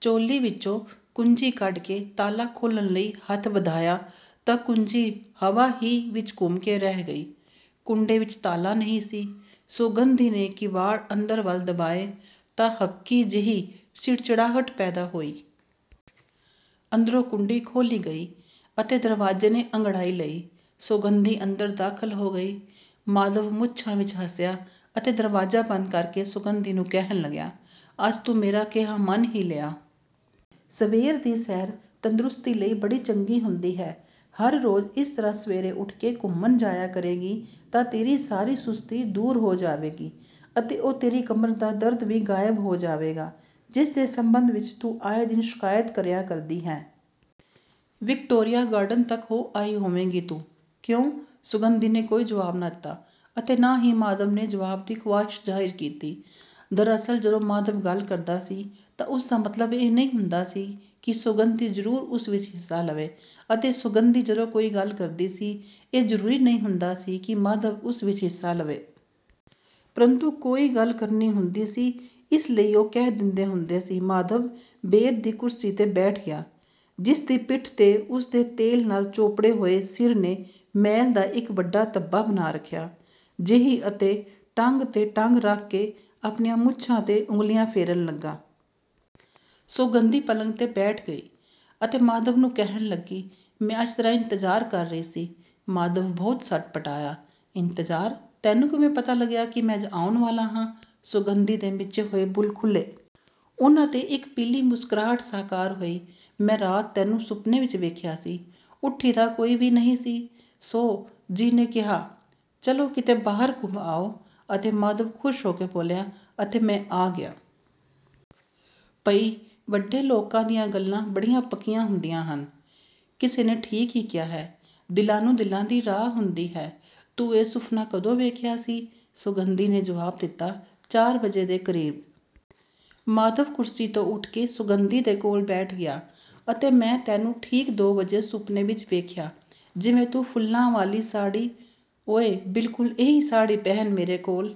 ਚੋਲੀ ਵਿੱਚੋਂ ਕੁੰਜੀ ਕੱਢ ਕੇ ਤਾਲਾ ਖੋਲ੍ਹਣ ਲਈ ਹੱਥ ਵਧਾਇਆ ਤਾਂ ਕੁੰਜੀ ਹਵਾ ਹੀ ਵਿੱਚ ਘੁੰਮ ਕੇ ਰਹਿ ਗਈ। ਕੁੰਡੇ ਵਿੱਚ ਤਾਲਾ ਨਹੀਂ ਸੀ। ਸੌਗੰਧੀ ਨੇ ਕਿਵਾੜ ਅੰਦਰ ਵੱਲ ਦਬਾਏ ਤਾਂ ਹਕੀ ਜਿਹੀ ਚਿੜਚਿੜਾਹਟ ਪੈਦਾ ਹੋਈ। ਅੰਦਰੋਂ ਕੁੰਡੀ ਖੋਲ੍ਹੀ ਗਈ ਅਤੇ ਦਰਵਾਜ਼ੇ ਨੇ ਅੰਗੜਾਈ ਲਈ, ਸੌਗੰਧੀ ਅੰਦਰ ਦਾਖ਼ਲ ਹੋ ਗਈ। ਮਾਧਵ ਮੁੱਛਾਂ ਵਿੱਚ ਹੱਸਿਆ ਅਤੇ ਦਰਵਾਜ਼ਾ ਬੰਦ ਕਰਕੇ ਸੌਗੰਧੀ ਨੂੰ ਕਹਿਣ ਲੱਗਾ, "ਅੱਜ ਤੂੰ ਮੇਰਾ ਕਿਹਾ ਮੰਨ ਹੀ ਲਿਆ। ਸਵੇਰੇ ਦੀ ਸੈਰ ਤੰਦੁਰੁਸਤੀ ਲਈ ਬੜੀ ਚੰਗੀ ਹੁੰਦੀ ਹੈ। ਹਰ ਰੋਜ਼ ਇਸ ਤਰ੍ਹਾਂ ਸਵੇਰੇ ਉਠ ਕੇ ਘੁੰਮਣ ਜਾਇਆ ਕਰੇਗੀ ਤਾਂ ਤੇਰੀ ਸਾਰੀ ਸੁਸਤੀ ਦੂਰ ਹੋ ਜਾਵੇਗੀ ਅਤੇ ਉਹ ਤੇਰੀ ਕਮਰ ਦਾ ਦਰਦ ਵੀ ਗ਼ਾਇਬ ਹੋ ਜਾਵੇਗਾ, ਜਿਸਦੇ ਸੰਬੰਧ ਵਿੱਚ ਤੂੰ ਆਏ ਦਿਨ ਸ਼ਿਕਾਇਤ ਕਰਿਆ ਕਰਦੀ ਹੈਂ। ਵਿਕਟੋਰੀਆ ਗਾਰਡਨ ਤੱਕ ਹੋ ਆਈ ਹੋਵੇਂਗੀ ਤੂੰ, ਕਿਉਂ?" ਸੌਗੰਧੀ ਨੇ ਕੋਈ ਜਵਾਬ ਨਾ ਦਿੱਤਾ ਅਤੇ ਨਾ ਹੀ ਮਾਧਵ ਨੇ ਜਵਾਬ ਦੀ ਖ਼ਾਹਿਸ਼ ਜ਼ਾਹਿਰ ਕੀਤੀ। ਦਰਅਸਲ, ਜਦੋਂ ਮਾਧਵ ਗੱਲ ਕਰਦਾ ਸੀ ਤਾਂ ਉਸਦਾ ਮਤਲਬ ਇਹ ਨਹੀਂ ਹੁੰਦਾ ਸੀ ਕਿ ਸੌਗੰਧੀ ਜ਼ਰੂਰ ਉਸ ਵਿੱਚ ਹਿੱਸਾ ਲਵੇ ਅਤੇ ਸੌਗੰਧੀ ਜਦੋਂ ਕੋਈ ਗੱਲ ਕਰਦੀ ਸੀ, ਇਹ ਜ਼ਰੂਰੀ ਨਹੀਂ ਹੁੰਦਾ ਸੀ ਕਿ ਮਾਧਵ ਉਸ ਵਿੱਚ ਹਿੱਸਾ ਲਵੇ। ਪ੍ਰੰਤੂ ਕੋਈ ਗੱਲ ਕਰਨੀ ਹੁੰਦੀ ਸੀ, ਇਸ ਲਈ ਉਹ ਕਹਿ ਦਿੰਦੇ ਹੁੰਦੇ ਸੀ। ਮਾਧਵ ਬੇਦ ਦੀ ਕੁਰਸੀ ਤੇ ਬੈਠ ਗਿਆ, ਜਿਸਦੀ ਪਿਠ ਤੇ ਉਸਦੇ ਤੇਲ ਨਾਲ਼ ਚੋਪੜੇ ਹੋਏ ਸਿਰ ਨੇ ਮੈਲ ਦਾ ਇੱਕ ਵੱਡਾ ਧੱਬਾ ਬਣਾ ਰੱਖਿਆ ਜਿਹੀ ਅਤੇ ਟੰਗ ਤੇ ਟੰਗ ਰੱਖ ਕੇ ਆਪਣੀਆਂ ਮੁੱਛਾਂ ਤੇ ਉਂਗਲੀਆਂ ਫੇਰਨ ਲਗਾ। ਸੌਗੰਧੀ ਪਲੰਗ ਤੇ ਬੈਠ ਗਈ ਅਤੇ ਮਾਧਵ ਨੂੰ ਕਹਿਣ ਲੱਗੀ, "ਮੈਂ ਅੱਜ ਤੇਰਾ ਇੰਤਜ਼ਾਰ ਕਰ ਰਹੀ ਸੀ।" ਮਾਧਵ ਬਹੁਤ ਸਟਪਟਾਇਆ, "ਇੰਤਜ਼ਾਰ? ਤੈਨੂੰ ਕਿਵੇਂ ਪਤਾ ਲੱਗਿਆ ਕਿ ਮੈਂ ਅੱਜ ਆਉਣ ਵਾਲਾ ਹਾਂ?" ਸੌਗੰਧੀ ਦੇ ਮਿਚੇ ਹੋਏ ਬੁੱਲ੍ਹ ਖੁੱਲੇ। ਉਨ੍ਹਾਂ ਤੇ ਇੱਕ ਪੀਲੀ ਮੁਸਕਰਾਹਟ ਸਾਕਾਰ ਹੋਈ, "ਮੈਂ ਰਾਤ ਤੈਨੂੰ ਸੁਪਨੇ ਵਿੱਚ ਵੇਖਿਆ ਸੀ। ਉੱਠੀ ਤਾਂ ਕੋਈ ਵੀ ਨਹੀਂ ਸੀ। ਸੋ ਜੀ ਨੇ ਕਿਹਾ, ਚਲੋ ਕਿਤੇ ਬਾਹਰ ਘੁੰਮ ਆਓ ਅਤੇ ਮਾਧਵ ਖ਼ੁਸ਼ ਹੋ ਕੇ ਬੋਲਿਆ, ਅਤੇ ਮੈਂ ਆ ਗਿਆ। ਭਈ, ਵੱਡੇ ਲੋਕਾਂ ਦੀਆਂ ਗੱਲਾਂ ਬੜੀਆਂ ਪੱਕੀਆਂ ਹੁੰਦੀਆਂ ਹਨ। ਕਿਸੇ ਨੇ ਠੀਕ ਕਿਹਾ ਹੈ, ਦਿਲਾਂ ਨੂੰ ਦਿਲਾਂ ਦੀ ਰਾਹ ਹੁੰਦੀ ਹੈ। ਤੂੰ ਇਹ ਸੁਫ਼ਨਾ ਕਦੋਂ ਵੇਖਿਆ ਸੀ?" ਸੌਗੰਧੀ ਨੇ ਜਵਾਬ ਦਿੱਤਾ, "ਚਾਰ ਵਜੇ ਦੇ ਕਰੀਬ।" ਮਾਧਵ ਕੁਰਸੀ ਤੋਂ ਉੱਠ ਕੇ ਸੌਗੰਧੀ ਦੇ ਕੋਲ ਬੈਠ ਗਿਆ, "ਅਤੇ ਮੈਂ ਤੈਨੂੰ ਠੀਕ ਦੋ ਵਜੇ ਸੁਪਨੇ ਵਿੱਚ ਵੇਖਿਆ। ਜਿਵੇਂ ਤੂੰ ਫੁੱਲਾਂ ਵਾਲੀ ਸਾੜ੍ਹੀ। ਓਏ, ਬਿਲਕੁਲ ਇਹੀ ਸਾੜ੍ਹੀ ਪਹਿਨ ਮੇਰੇ ਕੋਲ